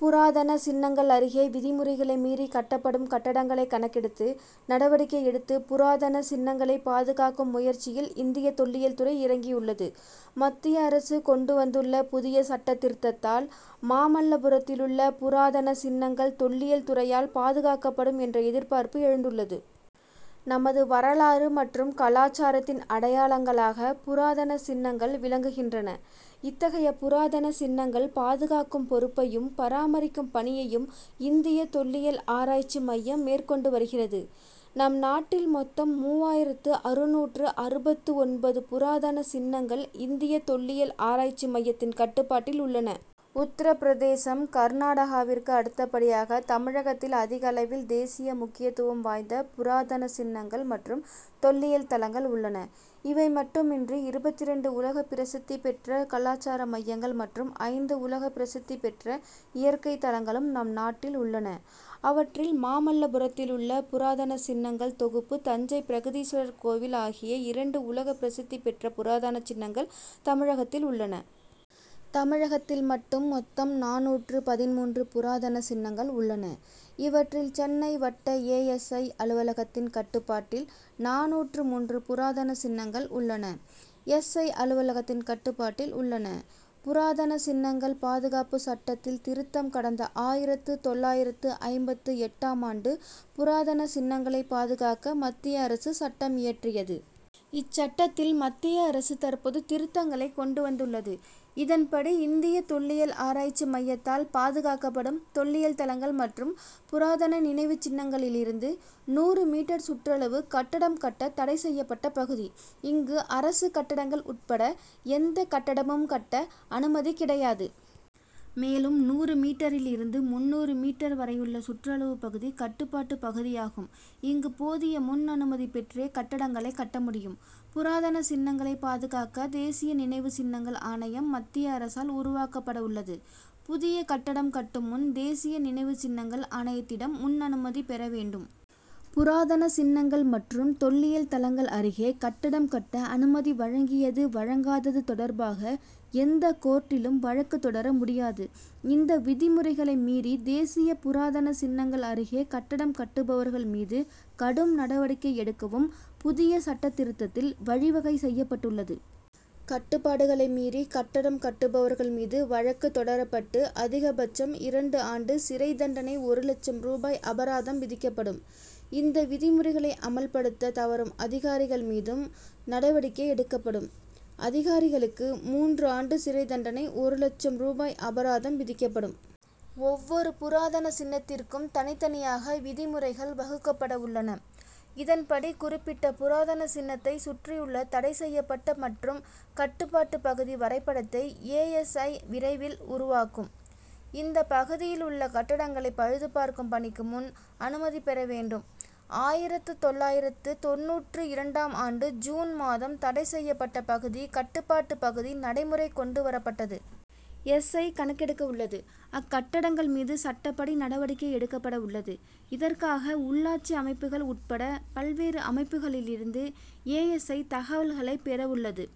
புராதன சின்னங்கள் அருகே விதிமுறைகளை மீறி கட்டப்படும் கட்டடங்களை கணக்கெடுத்து நடவடிக்கை எடுத்து புராதன சின்னங்களை பாதுகாக்கும் முயற்சியில் இந்திய தொல்லியல் துறை இறங்கியுள்ளது. மத்திய அரசு கொண்டு வந்துள்ள புதிய சட்டத் திருத்தத்தால் மாமல்லபுரத்திலுள்ள புராதன சின்னங்கள் தொல்லியல் துறையால் பாதுகாக்கப்படும் என்ற எதிர்பார்ப்பு எழுந்துள்ளது. நமது வரலாறு மற்றும் கலாசாரத்தின் அடையாளங்களாக புராதன சின்னங்கள் விளங்குகின்றன. இத்தகைய புராதன சின்னங்கள் பாதுகாக்கும் பொறுப்பையும் பராமரிக்கும் பணியையும் இந்திய தொல்லியல் ஆராய்ச்சி மையம் மேற்கொண்டு வருகிறது. நம்நாட்டில் மொத்தம் மூவாயிரத்து அறுநூற்று அறுபத்து ஒன்பது புராதன சின்னங்கள் இந்திய தொல்லியல் ஆராய்ச்சி மையத்தின் கட்டுப்பாட்டில் உள்ளன. உத்தரபிரதேசம் கர்நாடகாவிற்கு அடுத்தபடியாக தமிழகத்தில் அதிகளவில் தேசிய முக்கியத்துவம் வாய்ந்த புராதன சின்னங்கள் மற்றும் தொல்லியல் தலங்கள் உள்ளன. இவை மட்டுமின்றி இருபத்திரண்டு உலகப் பிரசித்தி பெற்ற கலாசார மையங்கள் மற்றும் ஐந்து உலகப் பிரசித்தி பெற்ற இயற்கை தலங்களும் நம்நாட்டில் உள்ளன. அவற்றில் மாமல்லபுரத்திலுள்ள புராதன சின்னங்கள் தொகுப்பு தஞ்சை பிரகதீஸ்வரர் கோவில் ஆகிய இரண்டு உலகப் பிரசித்தி பெற்ற புராதன சின்னங்கள் தமிழகத்தில் உள்ளன. தமிழகத்தில் மட்டும் மொத்தம் நானூற்று பதின்மூன்று புராதன சின்னங்கள் உள்ளன. இவற்றில் சென்னை வட்ட ஏ. எஸ். ஐ. அலுவலகத்தின் கட்டுப்பாட்டில் நானூற்று மூன்று புராதன சின்னங்கள் உள்ளன. எஸ். ஐ. அலுவலகத்தின் கட்டுப்பாட்டில் உள்ளன. புராதன சின்னங்கள் பாதுகாப்பு சட்டத்தில் திருத்தம் கடந்த ஆயிரத்து தொள்ளாயிரத்து ஐம்பத்து எட்டாம் ஆண்டு புராதன சின்னங்களை பாதுகாக்க மத்திய அரசு சட்டம் இயற்றியது. இச்சட்டத்தில் மத்திய அரசு தற்போது திருத்தங்களை கொண்டு வந்துள்ளது. இதன்படி இந்திய தொல்லியல் ஆராய்ச்சி மையத்தால் பாதுகாக்கப்படும் தொல்லியல் தலங்கள் மற்றும் புராதன நினைவுச் சின்னங்களிலிருந்து நூறு மீட்டர் சுற்றளவு கட்டடம் கட்ட தடை செய்யப்பட்ட பகுதி. இங்கு அரசு கட்டடங்கள் உட்பட எந்த கட்டடமும் கட்ட அனுமதி கிடையாது. மேலும் நூறு மீட்டரிலிருந்து முந்நூறு மீட்டர் வரையுள்ள சுற்றளவு பகுதி கட்டுப்பாட்டு பகுதியாகும். இங்கு போதிய முன் அனுமதி பெற்றே கட்டடங்களை கட்ட முடியும். புராதன சின்னங்களை பாதுகாக்க தேசிய நினைவு சின்னங்கள் ஆணையம் மத்திய அரசால் உருவாக்கப்படவுள்ளது. புதிய கட்டடம் கட்டும் முன் தேசிய நினைவு சின்னங்கள் ஆணையத்திடம் முன் அனுமதி பெற வேண்டும். புராதன சின்னங்கள் மற்றும் தொல்லியல் தலங்கள் அருகே கட்டடம் கட்ட அனுமதி வழங்கியது வழங்காதது தொடர்பாக எந்தக் கோர்ட்டிலும் வழக்கு தொடர முடியாது. இந்த விதிமுறைகளை மீறி தேசிய புராதன சின்னங்கள் அருகே கட்டடம் கட்டுபவர்கள் மீது கடும் நடவடிக்கை எடுக்கவும் புதிய சட்டத் திருத்தத்தில் வழிவகை செய்யப்பட்டுள்ளது. கட்டுப்பாடுகளை மீறி கட்டடம் கட்டுபவர்கள் மீது வழக்கு தொடரப்பட்டு அதிகபட்சம் இரண்டு ஆண்டு சிறை தண்டனை ஒரு லட்சம் ரூபாய் அபராதம் விதிக்கப்படும். இந்த விதிமுறைகளை அமல்படுத்த தவறும் அதிகாரிகள் மீதும் நடவடிக்கை எடுக்கப்படும். அதிகாரிகளுக்கு மூன்று ஆண்டு சிறை தண்டனை ஒரு லட்சம் ரூபாய் அபராதம் விதிக்கப்படும். ஒவ்வொரு புராதன சின்னத்திற்கும் தனித்தனியாக விதிமுறைகள் வகுக்கப்படவுள்ளன. இதன்படி குறிப்பிட்ட புராதன சின்னத்தை சுற்றியுள்ள தடை செய்யப்பட்ட மற்றும் கட்டுப்பாட்டு பகுதி வரைபடத்தை ஏ. எஸ். ஐ. விரைவில் உருவாக்கும். இந்த பகுதியிலுள்ள கட்டடங்களை பழுதுபார்க்கும் பணிக்கு முன் அனுமதி பெற வேண்டும். ஆயிரத்து தொள்ளாயிரத்து தொண்ணூற்று இரண்டாம் ஆண்டு ஜூன் மாதம் தடை செய்யப்பட்ட பகுதி கட்டுப்பாட்டு பகுதி நடைமுறை கொண்டு வரப்பட்டது. எஸ். ஐ. கணக்கெடுக்கவுள்ளது. அக்கட்டடங்கள் மீது சட்டப்படி நடவடிக்கை எடுக்கப்படவுள்ளது. இதற்காக உள்ளாட்சி அமைப்புகள் உட்பட பல்வேறு அமைப்புகளிலிருந்து ஏ. எஸ். ஐ. தகவல்களை பெறவுள்ளது.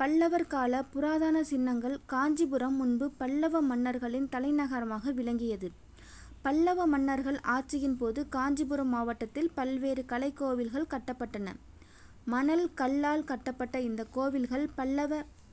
பல்லவர் கால புராதன சின்னங்கள் காஞ்சிபுரம் முன்பு பல்லவ மன்னர்களின் தலைநகரமாக விளங்கியது. பல்லவ மன்னர்கள் ஆட்சியின்போது காஞ்சிபுரம் மாவட்டத்தில் பல்வேறு கலைக்கோவில்கள் கட்டப்பட்டன. மணல் கல்லால் கட்டப்பட்ட இந்தக் கோவில்கள் பல்லவ